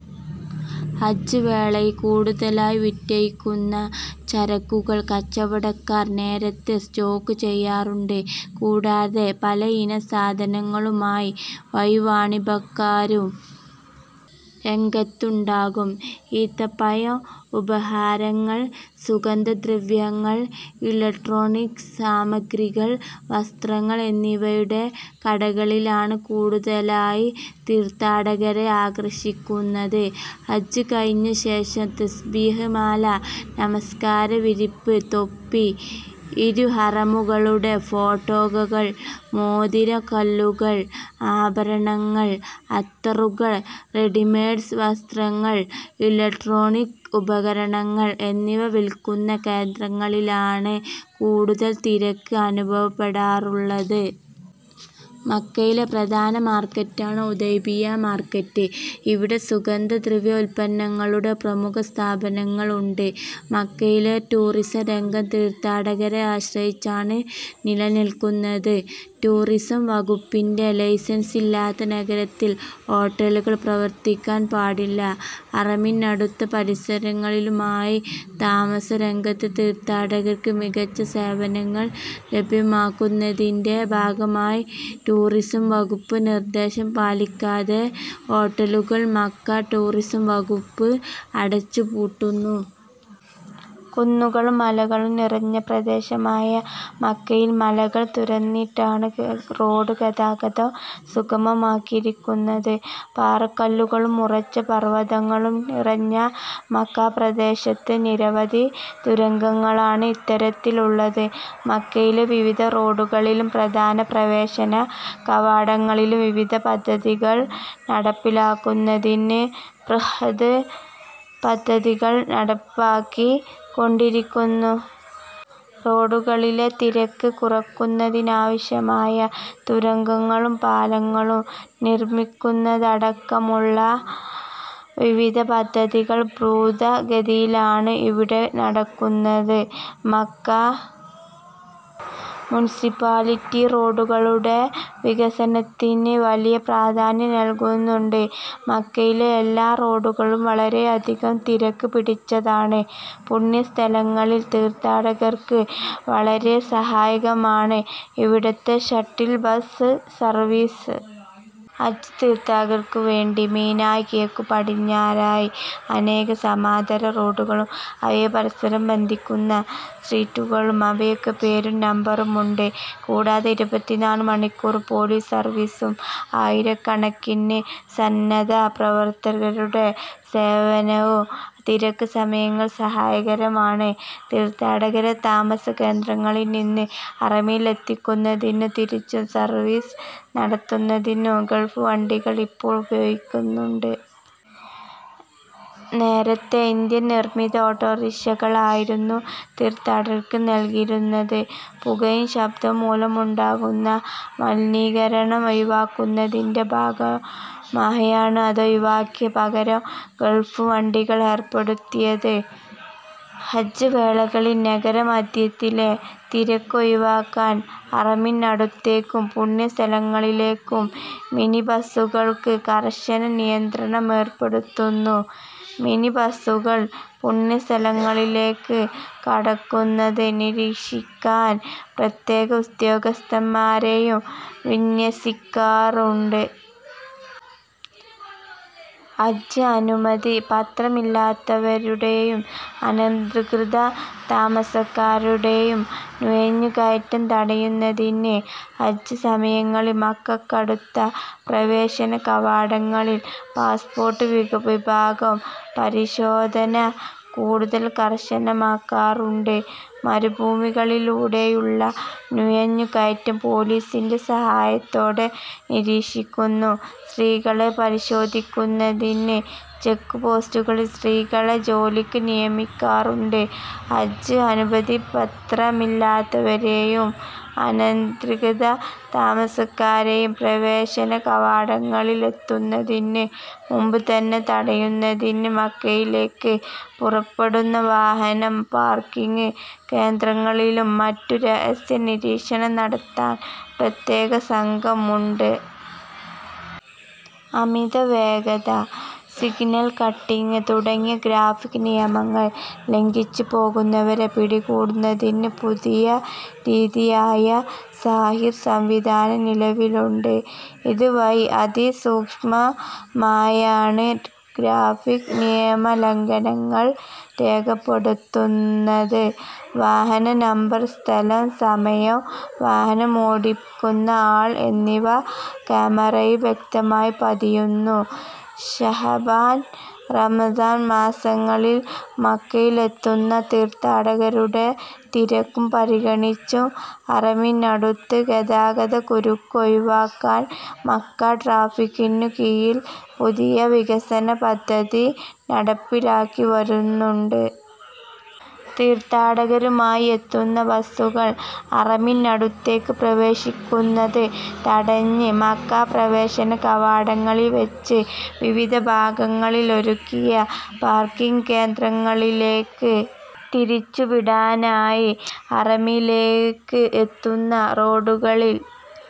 ഹജ്ജ് വേളയിൽ കൂടുതലായി വിറ്റഴിക്കുന്ന ചരക്കുകൾ കച്ചവടക്കാർ നേരത്തെ സ്റ്റോക്ക് ചെയ്യാറുണ്ട്. കൂടാതെ പലയിനം സാധനങ്ങളുമായി വഴിവാണിഭക്കാരും രംഗത്തുണ്ടാകും. ഈത്തപ്പഴം, ഉപഹാരങ്ങൾ, സുഗന്ധദ്രവ്യങ്ങൾ, ഇലക്ട്രോണിക്സ് സാമഗ്രികൾ, വസ്ത്രങ്ങൾ എന്നിവയുടെ കടകളിലാണ് കൂടുതലായി തീർത്ഥാടകരെ ആകർഷിക്കുന്നത്. ഹജ്ജ് കഴിഞ്ഞ ശേഷം. തസ്ബീഹ് മാല, നമസ്കാര വിരിപ്പ്, തൊപ്പി, ഇരുഹറമുകളുടെ ഫോട്ടോകൾ, മോതിര കല്ലുകൾ, ആഭരണങ്ങൾ, അത്തറുകൾ, റെഡിമെയ്ഡ് വസ്ത്രങ്ങൾ, ഇലക്ട്രോണിക് ഉപകരണങ്ങൾ എന്നിവ വിൽക്കുന്ന കേന്ദ്രങ്ങളിലാണ് കൂടുതൽ തിരക്ക് അനുഭവപ്പെടാറുള്ളത്. മക്കയിലെ പ്രധാന മാർക്കറ്റാണ് ഉതൈബിയ്യ മാർക്കറ്റ്. ഇവിടെ സുഗന്ധ ദ്രവ്യ ഉല്പന്നങ്ങളുടെ പ്രമുഖ സ്ഥാപനങ്ങൾ ഉണ്ട്. മക്കയിലെ ടൂറിസം രംഗം തീർഥാടകരെ ആശ്രയിച്ചാണ് നിലനിൽക്കുന്നത്. ടൂറിസം വകുപ്പിന്റെ ലൈസൻസില്ലാതെ നഗരത്തിൽ ഹോട്ടലുകൾ പ്രവർത്തിക്കാൻ പാടില്ല. ഹറമിനടുത്തും പരിസരങ്ങളിലുമായി താമസ രംഗത്ത് തീർഥാടകർക്ക് മികച്ച സേവനങ്ങൾ ലഭ്യമാക്കുന്നതിന്റെ ഭാഗമായി ടൂറിസം വകുപ്പ് നിർദ്ദേശം പാലിക്കാതെ ഹോട്ടലുകൾ മക്ക ടൂറിസം വകുപ്പ് അടച്ചു പൂട്ടുന്നു. കുന്നുകളും മലകളും നിറഞ്ഞ പ്രദേശമായ മക്കയിൽ മലകൾ തുരന്നിട്ടാണ് റോഡ് ഗതാഗതം സുഗമമാക്കിയിരിക്കുന്നത്. പാറക്കല്ലുകളും ഉറച്ച പര്'വതങ്ങളും നിറഞ്ഞ മക്ക പ്രദേശത്ത് നിരവധി തുരങ്കങ്ങളാണ് ഇത്തരത്തിൽ ഉള്ളത്. മക്കയിലെ വിവിധ റോഡുകളിലും പ്രധാന പ്രവേശന കവാടങ്ങളിലും വിവിധ പദ്ധതികൾ നടപ്പിലാക്കുന്നതിന് ബൃഹദ് പദ്ധതികൾ നടപ്പാക്കി കൊണ്ടിരിക്കുന്നു. റോഡുകളിലെ തിരക്ക് കുറക്കുന്നതിനാവശ്യമായ തുരങ്കങ്ങളും പാലങ്ങളും നിർമ്മിക്കുന്നതടക്കമുള്ള വിവിധ പദ്ധതികൾ ദ്രുത ഗതിയിലാണ് ഇവിടെ നടക്കുന്നത്. മക്ക മുനിസിപ്പാലിറ്റി റോഡുകളുടെ വികസനത്തിന് വലിയ പ്രധാന്യം നൽകുന്നുണ്ട്. മക്കയിലെ എല്ലാ റോഡുകളും വളരെയധികം തിരക്ക് പിടിച്ചതാണ്. പുണ്യസ്ഥലങ്ങളിൽ തീർത്ഥാടകർക്ക് വളരെ സഹായകമാണ് ഇവിടുത്തെ ഷട്ടിൽ ബസ് സർവീസ്. ഹജ്ജ് തീർത്ഥാടകർക്ക് വേണ്ടി മിനായിൽ കിഴക്കുപടിഞ്ഞാറായി അനേകം സമാന്തര റോഡുകളും അവയെ പരസ്പരം ബന്ധിക്കുന്ന സ്ട്രീറ്റുകളും അവക്കൊക്കെ പേരും നമ്പറും ഉണ്ട്. കൂടാതെ ഇരുപത്തിനാലു മണിക്കൂറും പൊലീസ് സർവീസും ആയിരക്കണക്കിന് സന്നദ്ധ പ്രവർത്തകരുടെ സേവനവും തിരക്ക് സമയങ്ങളിൽ സഹായകരമാണ്. തീർത്ഥാടകരെ താമസ കേന്ദ്രങ്ങളിൽ നിന്ന് ഹറമിലെത്തിക്കുന്നതിനും തിരിച്ചും സർവീസ് നടത്തുന്നതിനു ഗൾഫ് വണ്ടികൾ ഇപ്പോൾ ഉപയോഗിക്കുന്നുണ്ട്. നേരത്തെ ഇന്ത്യൻ നിർമ്മിത ഓട്ടോറിക്ഷകളായിരുന്നു തീർത്ഥാടകർക്ക് നൽകിയിരുന്നത്. പുകയും ശബ്ദവും മൂലമുണ്ടാകുന്ന മലിനീകരണം ഒഴിവാക്കുന്നതിന്റെ ഭാഗമായാണ് അതൊഴിവാക്കി പകരം ഗോൾഫ് വണ്ടികൾ ഏർപ്പെടുത്തിയത്. ഹജ്ജ് വേളകളിൽ നഗര മധ്യത്തിലെ തിരക്കൊഴിവാക്കാൻ ഹറമിനടുത്തേക്കും പുണ്യ സ്ഥലങ്ങളിലേക്കും മിനി ബസുകൾക്ക് കർശന നിയന്ത്രണമേർപ്പെടുത്തുന്നു. മിനി ബസുകൾ പുണ്യസ്ഥലങ്ങളിലേക്ക് കടക്കുന്നത് നിരീക്ഷിക്കാൻ പ്രത്യേക ഉദ്യോഗസ്ഥമാരെയും വിന്യസിക്കാറുണ്ട്. ഹജ്ജ് അനുമതി പത്രമില്ലാത്തവരുടെയും അനധികൃത താമസക്കാരുടെയും നുഴഞ്ഞുകയറ്റം തടയുന്നതിന് ഹജ്ജ് സമയങ്ങളിൽ മക്കക്കടുത്ത പ്രവേശന കവാടങ്ങളിൽ പാസ്പോർട്ട് വിഭാഗം പരിശോധന കൂടുതൽ കർശനമാക്കാറുണ്ട്. മരുഭൂമികളിലൂടെയുള്ള നുഴഞ്ഞുകയറ്റം പൊലീസിന്റെ സഹായത്തോടെ നിരീക്ഷിക്കുന്നു. സ്ത്രീകളെ പരിശോധിക്കുന്നതിന് ചെക്ക്പോസ്റ്റുകളിൽ സ്ത്രീകളെ ജോലിക്ക് നിയമിക്കാറുണ്ട്. ഹജ്ജ് അനുമതിപത്രമില്ലാത്തവരെയും അനധികൃത താമസക്കാരെയും പ്രവേശന കവാടങ്ങളിലെത്തുന്നതിന് മുമ്പ് തന്നെ തടയുന്നതിന് മക്കയിലേക്ക് പുറപ്പെടുന്ന വാഹന പാർക്കിങ് കേന്ദ്രങ്ങളിലും മറ്റും രഹസ്യ നിരീക്ഷണം നടത്താൻ പ്രത്യേക സംഘം ഉണ്ട്. അമിത വേഗത, സിഗ്നൽ കട്ടിങ് തുടങ്ങിയ ട്രാഫിക് നിയമങ്ങൾ ലംഘിച്ച് പോകുന്നവരെ പിടികൂടുന്നതിനു പുതിയ രീതിയായ സാഹിർ സംവിധാനം നിലവിലുണ്ട്. ഇത് വഴി അതിസൂക്ഷ്മമായാണ് ട്രാഫിക് നിയമലംഘനങ്ങൾ രേഖപ്പെടുത്തുന്നത്. വാഹന നമ്പർ, സ്ഥലം, സമയം, വാഹനമോടിക്കുന്ന ആൾ എന്നിവ കാമറയിൽ വ്യക്തമായി പതിയുന്നു. ശഅബാൻ, റമദാൻ മാസങ്ങളിൽ മക്കയിലത്തുന്ന തീർത്ഥാടകരുടെ തിരക്കും പരിഗണിച്ചു ഹറമിനടുത്ത് ഗതാഗതക്കുരുക്ക് ഒഴിവാക്കാൻ മക്ക ട്രാഫിക്കിനു കീഴിൽ പുതിയ വികസന പദ്ധതി നടപ്പിലാക്കിവരുന്നുണ്ട്. തീർത്ഥാടകരുമായെത്തുന്ന ബസുകൾ ഹറമിനടുത്തേക്ക് പ്രവേശിക്കുന്നത് തടഞ്ഞ് മക്ക പ്രവേശന കവാടങ്ങളിൽ വെച്ച് വിവിധ ഭാഗങ്ങളിലൊരുക്കിയ പാർക്കിങ് കേന്ദ്രങ്ങളിലേക്ക് തിരിച്ചുവിടാനായി ഹറമിലേക്ക് എത്തുന്ന റോഡുകളിൽ